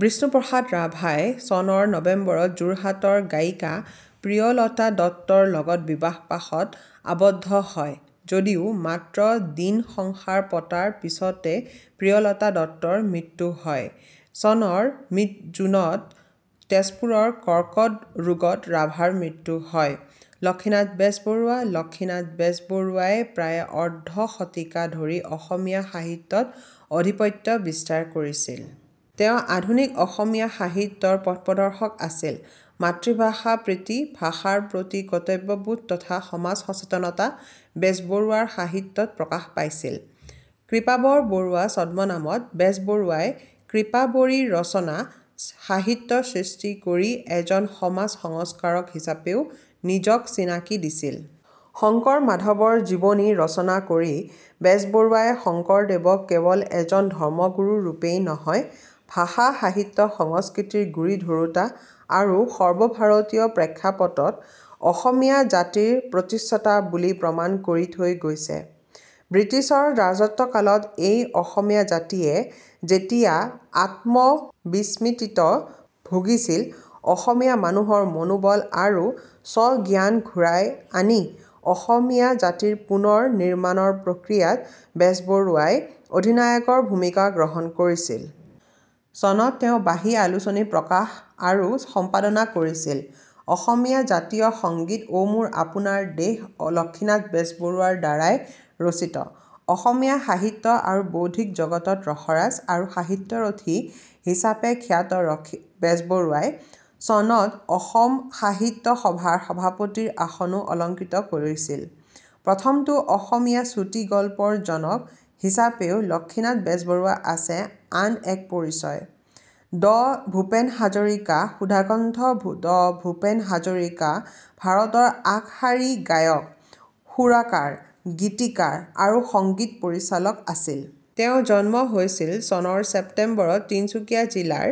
বিষ্ণু প্ৰসাদ ৰাভাই চনৰ নবেম্বৰত যোৰহাটৰ গায়িকা প্ৰিয়লতা দত্তৰ লগত বিবাহপাশত আবদ্ধ হয় যদিও মাত্ৰ দিন সংসাৰ পতাৰ পিছতে প্ৰিয়লতা দত্তৰ মৃত্যু হয়। চনৰ জুনত তেজপুৰত কৰ্কট ৰোগত ৰাভাৰ মৃত্যু হয়। লক্ষ্মীনাথ বেজবৰুৱা লক্ষ্মীনাথ বেজবৰুৱায়ে প্ৰায় অৰ্ধ শতিকা ধৰি অসমীয়া সাহিত্যত আধিপত্য বিস্তাৰ কৰিছিল। তেওঁ আধুনিক অসমীয়া সাহিত্যৰ পথ-প্ৰদৰ্শক আছিল। মাতৃভাষা প্ৰীতি, ভাষাৰ প্ৰতি কৰ্তব্যবোধ তথা সমাজ সচেতনতা বেজবৰুৱাৰ সাহিত্যত প্ৰকাশ পাইছিল। কৃপাবৰ বৰুৱা ছদ্মনামত বেজবৰুৱাই 'কৃপাবৰী ৰচনা' সাহিত্য সৃষ্টি কৰি এজন সমাজ-সংস্কাৰক হিচাপেও নিজক চিনাকি দিছিল। শংকৰ-মাধৱৰ জীৱনী ৰচনা কৰি বেজবৰুৱাই শংকৰদেৱক কেৱল এজন ধৰ্মগুৰু ৰূপেই নহয়, ভাষা-সাহিত্য-সংস্কৃতিৰ গুৰি-ধৰোঁতা আৰু সৰ্বভাৰতীয় প্ৰেক্ষাপটত অসমীয়া জাতিৰ প্ৰতিষ্ঠাতা বুলি প্ৰমাণ কৰি থৈ গৈছে। বিট্ৰিছৰ ৰাজত্বকালত এই অসমীয়া জাতিয়ে যেতিয়া আত্ম-বিস্মৃতিত ভুগিছিল, অসমীয়া মানুহৰ মনোবল আৰু স্ব-জ্ঞান ঘূৰাই আনি অসমীয়া জাতিৰ পুনৰ নিৰ্মাণৰ প্ৰক্ৰিয়াত বেজবৰুৱাই অধিনায়কৰ ভূমিকা গ্ৰহণ কৰিছিল। চনত তেওঁ 'বাঁহী' আলোচনী প্ৰকাশ আৰু সম্পাদনা কৰিছিল৷অসমৰ জাতীয় সংগীত অ মোৰ আপোনাৰ দেশ লক্ষ্মীনাথ বেজবৰুৱাৰ দ্বাৰাই ৰচিত৷ অসমীয়া সাহিত্য আৰু বৌদ্ধিক জগতত 'ৰসৰাজ' আৰু 'সাহিত্যৰথী' হিচাপে খ্যাত বেজবৰুৱাই চনত অসম সাহিত্য সভাৰ সভাপতিৰ আসনো অলংকৃত কৰিছিল৷প্ৰথমটো অসমীয়া চুটি গল্পৰ জনক হিচাপেও লক্ষ্মীনাথ বেজবৰুৱাৰ আছে আন এক পৰিচয়৷ ড ভূপেন হাজৰিকা সুধাকণ্ঠ ড ভূপেন হাজৰিকা ভাৰতৰ আগশাৰীৰ গায়ক, সুৰকাৰ, গীতিকাৰ আৰু সংগীত পৰিচালক আছিল। তেওঁৰ জন্ম হৈছিল চনৰ ছেপ্টেম্বৰত তিনিচুকীয়া জিলাৰ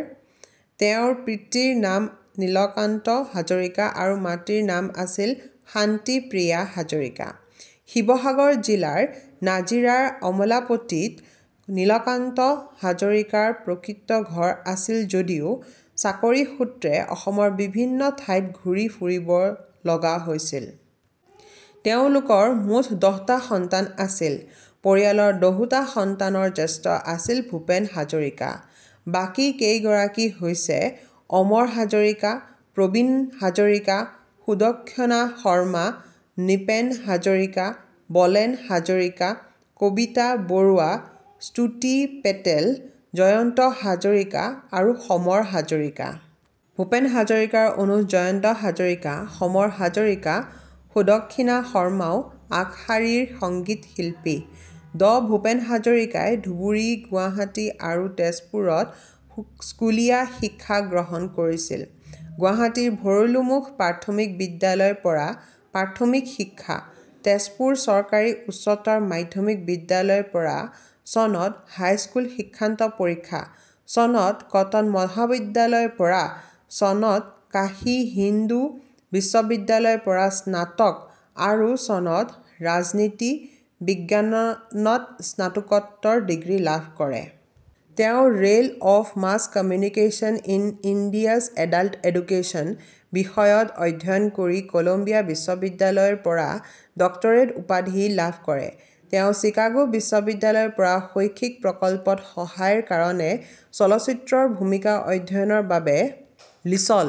তেওঁৰ পিতৃৰ নাম নীলকান্ত হাজৰিকা আৰু মাতৃৰ নাম আছিল শান্তিপ্ৰিয়া হাজৰিকা। শিৱসাগৰ জিলাৰ নাজিৰাৰ আমোলাপট্টিত নীলকান্ত হাজৰিকাৰ প্ৰকৃত ঘৰ আছিল যদিও চাকৰিসূত্ৰে অসমৰ বিভিন্ন ঠাইত ঘূৰি ফুৰিব লগা হৈছিল। তেওঁলোকৰ মুঠ দহটা সন্তান আছিল। পৰিয়ালৰ দহোটা সন্তানৰ জ্যেষ্ঠ আছিল ভূপেন হাজৰিকা। বাকী কেইগৰাকী হৈছে অমৰ হাজৰিকা, প্ৰবীণ হাজৰিকা, সুদক্ষিণা শৰ্মা, নৃপেন হাজৰিকা, বলেন হাজৰিকা, কবিতা বৰুৱা, স্তুতি পেটেল, জয়ন্ত হাজৰিকা আৰু সমৰ হাজৰিকা। ভূপেন হাজৰিকাৰ অনুজ জয়ন্ত হাজৰিকা, সমৰ হাজৰিকা, সুদক্ষিণা শৰ্মাও আগশাৰীৰ সংগীত শিল্পী। ড ভূপেন হাজৰিকাই ধুবুৰী, গুৱাহাটী আৰু তেজপুৰত স্কুলীয়া শিক্ষা গ্ৰহণ কৰিছিল। গুৱাহাটীৰ ভৰলুমুখ প্ৰাথমিক বিদ্যালয়ৰ পৰা প্ৰাথমিক শিক্ষা, তেজপুৰ চৰকাৰী উচ্চতৰ মাধ্যমিক বিদ্যালয়ৰ পৰা চনত হাইস্কুল শিক্ষান্ত পৰীক্ষা, চনত কটন মহাবিদ্যালয়ৰ পৰা, চনত কাশী হিন্দু বিশ্ববিদ্যালয়ৰ পৰা স্নাতক আৰু চনত ৰাজনীতি বিজ্ঞানত স্নাতকোত্তৰ ডিগ্ৰী লাভ কৰে। তেওঁ 'role of mass communication in India's adult education ' বিষয়ত অধ্যয়ন কৰি কলম্বিয়া বিশ্ববিদ্যালয়ৰৰ পৰা ডক্টৰেট উপাধি লাভ কৰে। তেওঁ চিকাগো বিশ্ববিদ্যালয়ৰ পৰা শৈক্ষিক প্ৰকল্পত সহায়ৰ কাৰণে চলচিত্ৰৰ ভূমিকা অধ্যয়নৰ বাবে লিছ্ল